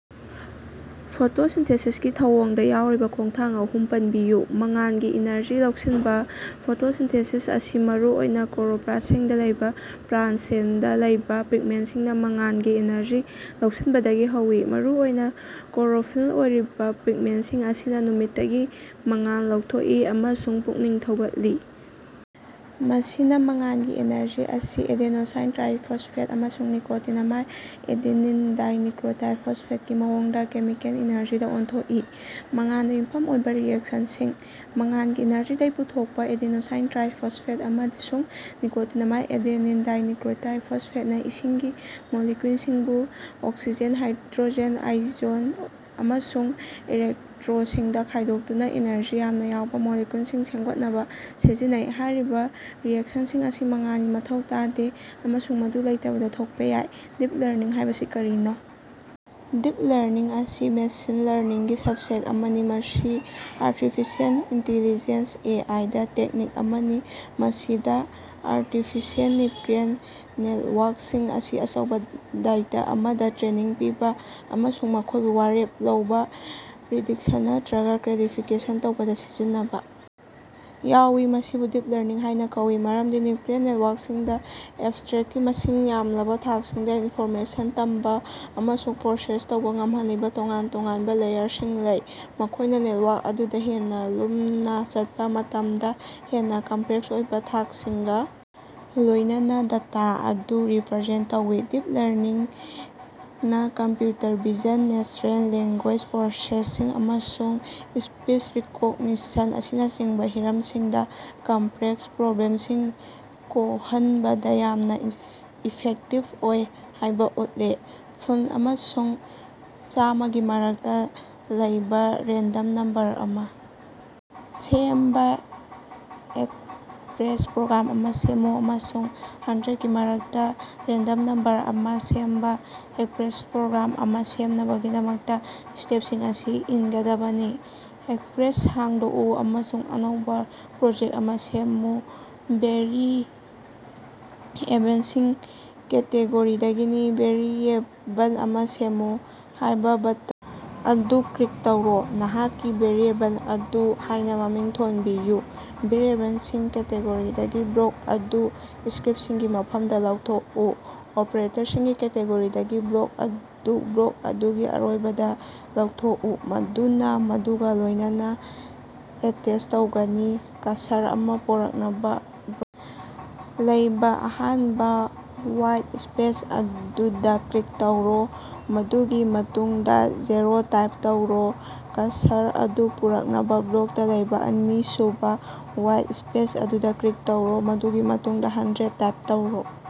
ꯐꯣꯇꯣꯁꯤꯟꯊꯦꯁꯤꯁꯀꯤ ꯊꯧꯑꯣꯡꯗꯥ ꯌꯥꯎꯔꯤꯕꯥ ꯈꯣꯡꯊꯥꯡ ꯑꯍꯨꯝ ꯄꯟꯕꯤꯌꯨ꯫ ꯃꯉꯥꯜꯒꯤ ꯏꯅꯔꯖꯤ ꯂꯧꯁꯤꯟꯕꯥ: ꯐꯣꯇꯣꯁꯤꯟꯊꯦꯁꯤꯁ ꯑꯁꯤ ꯃꯔꯨꯑꯣꯏꯅ ꯀ꯭ꯂꯣꯔꯣꯞꯂꯥꯁ꯭ꯇꯁꯤꯡꯗ ꯂꯩꯕ ꯄ꯭ꯂꯥꯟꯇ ꯁꯦꯜꯗꯥ ꯂꯩꯕꯥ ꯄꯤꯒꯃꯦꯟꯇꯁꯤꯡꯅꯥ ꯃꯉꯥꯜꯒꯤ ꯑꯦꯅꯔꯖꯤ ꯂꯧꯁꯤꯅꯕꯗꯒꯤ ꯍꯧꯏ꯫ ꯃꯔꯨꯑꯣꯏꯅꯥ ꯀ꯭ꯂꯣꯔꯣꯐꯤꯜ ꯑꯣꯏꯔꯤꯕ ꯄꯤꯒꯃꯦꯟꯇꯁꯤꯡ ꯑꯁꯤꯅ ꯅꯨꯃꯤꯠꯇꯒꯤ ꯃꯉꯥꯜ ꯂꯧꯊꯣꯛꯏ ꯑꯃꯁꯨꯡ ꯄꯨꯛꯅꯤꯡ ꯊꯧꯒꯠꯂꯤ, ꯃꯁꯤꯅ ꯃꯉꯥꯜꯒꯤ ꯏꯅꯔꯖꯤ ꯑꯁꯤ ꯑꯦꯗꯦꯅꯣꯁꯥꯏꯟ ꯇ꯭ꯔꯥꯏꯐꯣꯁꯐꯦꯠ ꯑꯃꯁꯨꯡ ꯅꯤꯀꯣꯇꯤꯅꯥꯃꯥꯏꯗ ꯑꯦꯗꯦꯅꯤꯟ ꯗꯥꯏꯅꯨꯀꯂꯤꯑꯣꯇꯥꯏꯗ ꯐꯣꯁꯐꯦꯠ ꯒꯤ ꯃꯑꯣꯡꯗ ꯀꯦꯃꯤꯀꯦꯜ ꯏꯅꯔꯖꯤꯗꯥ ꯑꯣꯟꯊꯣꯛꯏ꯫ ꯃꯉꯥꯜꯗꯥ ꯌꯨꯝꯐꯝ ꯑꯣꯏꯕ ꯔꯤꯑꯦꯛꯁꯟꯁꯤꯡ: ꯃꯉꯥꯜꯒꯤ ꯏꯅꯔꯖꯤꯗꯒꯤ ꯄꯨꯊꯣꯛꯄꯥ ꯑꯦꯗꯦꯅꯣꯁꯥꯏꯟ ꯇ꯭ꯔꯥꯏꯐꯣꯁꯐꯦꯠ ꯑꯃꯁꯨꯡ ꯅꯤꯀꯣꯇꯤꯅꯥꯃꯥꯏꯗ ꯑꯦꯗꯦꯅꯤꯟ ꯗꯥꯏꯅꯨꯀꯂꯤꯑꯣꯇꯥꯏꯗ ꯐꯣꯁꯐꯦꯠ ꯅꯥ ꯏꯁꯤꯡꯒꯤ ꯃꯣꯂꯤꯀꯌꯨꯜꯁꯤꯡꯕꯨ ꯑꯣꯛꯁꯤꯖꯦꯟ, ꯍꯥꯏꯗ꯭ꯔꯣꯖꯦꯟ ꯑꯥꯏꯑꯣꯟ ꯑꯃꯁꯨꯡ ꯏꯂꯦꯛꯇꯔꯣꯁꯤꯡꯗꯥ ꯈꯥꯏꯗꯣꯛꯇꯨꯅꯥ ꯏꯅꯔꯖꯤ ꯌꯥꯝꯅ ꯌꯥꯎꯕꯥ ꯃꯣꯂꯤꯀꯌꯨꯜꯁꯤꯡ ꯁꯦꯝꯒꯠꯅꯕꯥ ꯁꯤꯖꯤꯟꯅꯩ꯫ ꯍꯥꯏꯔꯤꯕꯥ ꯔꯤꯑꯦꯛꯁꯟꯁꯤꯡ ꯑꯁꯤ ꯃꯉꯥꯜꯒꯤ ꯃꯊꯧ ꯇꯥꯗꯦ ꯑꯃꯁꯨꯡ ꯃꯗꯨ ꯂꯩꯇꯕꯗꯥ ꯊꯣꯛꯄꯥ ꯌꯥꯏ꯫ ꯗꯤꯞ ꯂꯔꯅꯤꯡ ꯍꯥꯏꯕꯁꯤ ꯀꯔꯤꯅꯣ? ꯗꯤꯞ ꯂꯔꯅꯤꯡ ꯑꯁꯤ ꯃꯦꯁꯤꯟ ꯂꯔꯅꯤꯡꯒꯤ ꯁꯕꯁꯦꯠ ꯑꯃꯅꯤ, ꯃꯁꯤ ꯑꯥꯔꯇꯤꯐꯤꯁꯤꯑꯦꯜ ꯏꯟꯇꯤꯂꯤꯖꯦꯟꯁ (ꯑꯦ. ꯑꯥꯏ.)ꯗꯥ ꯇꯦꯛꯅꯤꯛ ꯑꯃꯅꯤ, ꯃꯁꯤꯗ ꯑꯥꯔꯇꯤꯐꯤꯁꯤꯑꯦꯜ ꯅ꯭ꯌꯨꯔꯜ ꯅꯦꯇꯋꯥꯔꯛꯁꯤꯡ ꯑꯁꯤ ꯑꯆꯧꯕ ꯗꯇꯥ ꯑꯃꯗ ꯇ꯭ꯔꯦꯅꯤꯡ ꯄꯤꯕ ꯑꯃꯁꯨꯡ ꯃꯈꯣꯏꯕꯨ ꯋꯥꯔꯦꯞ ꯂꯧꯕ, ꯄ꯭ꯔꯤꯗꯤꯛꯁꯟ ꯅꯠꯇꯔꯒꯥ ꯀ꯭ꯂꯥꯁꯤꯐꯤꯀꯦꯁꯟ ꯇꯧꯕꯗꯥ ꯁꯤꯖꯤꯟꯅꯕꯥ ꯌꯥꯎꯏ꯫ ꯃꯁꯤꯕꯨ "ꯗꯤꯞ ꯂꯔꯅꯤꯡ" ꯍꯥꯏꯅꯥ ꯀꯧꯏ ꯃꯔꯝꯗꯤ ꯅ꯭ꯌꯨꯔꯜ ꯅꯦꯇꯋꯥꯔꯛꯁꯤꯡꯗꯥ ꯑꯦꯕꯁ꯭ꯠꯔꯦꯛꯁꯒꯤ ꯃꯁꯤꯡ ꯌꯥꯝꯂꯕꯥ ꯊꯥꯛꯁꯤꯡꯗꯥ ꯏꯟꯐꯣꯔꯃꯦꯁꯟ ꯇꯝꯕꯥ ꯑꯃꯁꯨꯡ ꯄ꯭ꯔꯣꯁꯦꯁ ꯇꯧꯕ ꯉꯝꯍꯜꯂꯤꯕ ꯇꯣꯉꯥꯟ-ꯇꯣꯉꯥꯟꯕ ꯂꯦꯌꯔꯁꯤꯡ ꯂꯩ, ꯃꯈꯣꯏꯅꯥ ꯅꯦꯇꯋꯥꯔꯛ ꯑꯗꯨꯗ ꯍꯦꯟꯅ ꯂꯨꯝꯅꯥ ꯆꯠꯄꯥ ꯃꯇꯝꯗ ꯍꯦꯟꯅꯥ ꯀꯝꯄꯂꯦꯛꯁ ꯑꯣꯏꯕ ꯊꯥꯛꯁꯤꯡꯒ ꯂꯣꯏꯅꯅꯥ ꯗꯇꯥ ꯑꯗꯨ ꯔꯤꯄꯔꯖꯦꯟꯇ ꯇꯧꯏ꯫ ꯗꯤꯞ ꯂꯔꯅꯤꯡꯅꯥ computer vision, natural language processing ꯑꯃꯁꯨꯡ ꯁ꯭ꯄꯤꯁ ꯔꯤꯀꯣꯒꯅꯤꯁꯟ ꯑꯁꯤꯅꯆꯤꯡꯕꯥ ꯍꯤꯔꯝꯁꯤꯡꯗꯥ ꯀꯝꯄꯂꯦꯛꯁ ꯄ꯭ꯔꯣꯕ꯭ꯂꯦꯝꯁꯤꯡ ꯀꯣꯍꯟꯕꯗ ꯌꯥꯝꯅꯥ ꯏꯐꯦꯛꯇꯤꯕ ꯑꯣꯏ ꯍꯥꯏꯕꯥ ꯎꯠꯂꯦ꯫ ꯐꯨꯟ ꯑꯃꯁꯨꯡ ꯆꯥꯝꯃꯒꯤ ꯃꯔꯛꯇ ꯂꯩꯕ ꯔꯦꯟꯗꯝ ꯅꯝꯕꯔ ꯑꯃ ꯁꯦꯝꯕ ꯑꯦꯛꯄ꯭ꯔꯦꯁ ꯄ꯭ꯔꯣꯒ꯭ꯔꯥꯝ ꯑꯃ ꯁꯦꯝꯃꯨ꯫ ꯑꯃꯁꯨꯡ ꯍꯟꯗ꯭ꯔꯦꯠꯒꯤ ꯃꯔꯛꯇ ꯔꯦꯟꯗꯝ ꯅꯝꯕꯔ ꯑꯃ ꯁꯦꯝꯕ ꯑꯦꯛꯄ꯭ꯔꯦꯁ ꯄ꯭ꯔꯣꯒ꯭ꯔꯥꯝ ꯑꯃ ꯁꯦꯝꯅꯕꯒꯤꯗꯃꯛ, ꯏꯁꯇꯦꯞꯁꯤꯡ ꯑꯁꯤ ꯏꯪꯗꯕꯅꯤ: ꯑꯦꯛꯄ꯭ꯔꯦꯁ ꯍꯥꯡꯗꯣꯛꯎ ꯑꯃꯁꯨꯡ ꯑꯅꯧꯕ ꯄ꯭ꯔꯣꯖꯦꯛ ꯑꯃ ꯁꯦꯝꯃꯨ꯫ "ꯚꯦꯔꯤꯑꯦꯕꯜꯁꯤꯡ" ꯀꯦꯇꯦꯒꯣꯔꯤꯗꯒꯤ, "ꯚꯦꯔꯤꯑꯦꯕꯜ ꯑꯃ ꯁꯦꯝꯃꯨ" ꯍꯥꯏꯕ ꯕꯇꯟ ꯑꯗꯨ ꯀ꯭ꯂꯤꯛ ꯇꯧꯔꯣ꯫ ꯅꯍꯥꯛꯀꯤ ꯚꯦꯔꯤꯑꯦꯕꯜ ꯑꯗꯨ ꯍꯥꯏꯅ ꯃꯃꯤꯡ ꯊꯣꯟꯕꯤꯌꯨ꯫ ꯚꯦꯔꯤꯑꯦꯕꯜꯁꯤꯡ ꯀꯦꯇꯦꯒꯣꯔꯤꯗꯒꯤ ꯕ꯭ꯂꯣꯛ ꯑꯗꯨ ꯏꯁꯀ꯭ꯔꯤꯞꯁꯤꯡꯒꯤ ꯃꯐꯝꯗ ꯂꯧꯊꯣꯛꯎ꯫ ꯑꯣꯄ꯭ꯔꯦꯇꯔꯁꯤꯡꯒꯤ ꯀꯦꯇꯦꯒꯣꯔꯤꯗꯒꯤ, ꯕ꯭ꯂꯣꯛ ꯑꯗꯨ ꯕ꯭ꯂꯣꯛ ꯑꯗꯨꯒꯤ ꯑꯔꯣꯏꯕꯗ ꯂꯧꯊꯣꯛꯎ, ꯃꯗꯨꯅ ꯃꯗꯨꯒ ꯂꯣꯏꯅꯥꯅ ꯑꯦꯇꯦꯆ ꯇꯧꯒꯅꯤ꯫ ꯀꯔꯁꯔ ꯑꯃ ꯄꯨꯔꯛꯅꯥꯕ ꯕ꯭ꯂꯣꯛꯇ ꯂꯩꯕ ꯑꯍꯥꯟꯕ ꯋꯥꯏꯠ ꯁ꯭ꯄꯦꯁ ꯑꯗꯨꯗ ꯀ꯭ꯂꯤꯛ ꯇꯧꯔꯣ, ꯃꯗꯨꯒꯤ ꯃꯇꯨꯡꯗ ꯖꯦꯔꯣ ꯇꯥꯏꯞ ꯇꯧꯔꯣ, ꯀꯔꯁꯔ ꯑꯗꯨ ꯄꯨꯔꯛꯅꯕ ꯕ꯭ꯂꯣꯛꯇ ꯂꯩꯕ ꯑꯅꯤꯁꯨꯕ ꯋꯥꯏꯠ ꯏꯁꯄꯦꯁ ꯑꯗꯨꯗ ꯀ꯭ꯂꯤꯛ ꯇꯧꯔꯣ, ꯃꯗꯨꯒꯤ ꯃꯇꯨꯡꯗ ꯍꯟꯗ꯭ꯔꯦꯠ ꯇꯥꯏꯞ ꯇꯧꯔꯣ꯫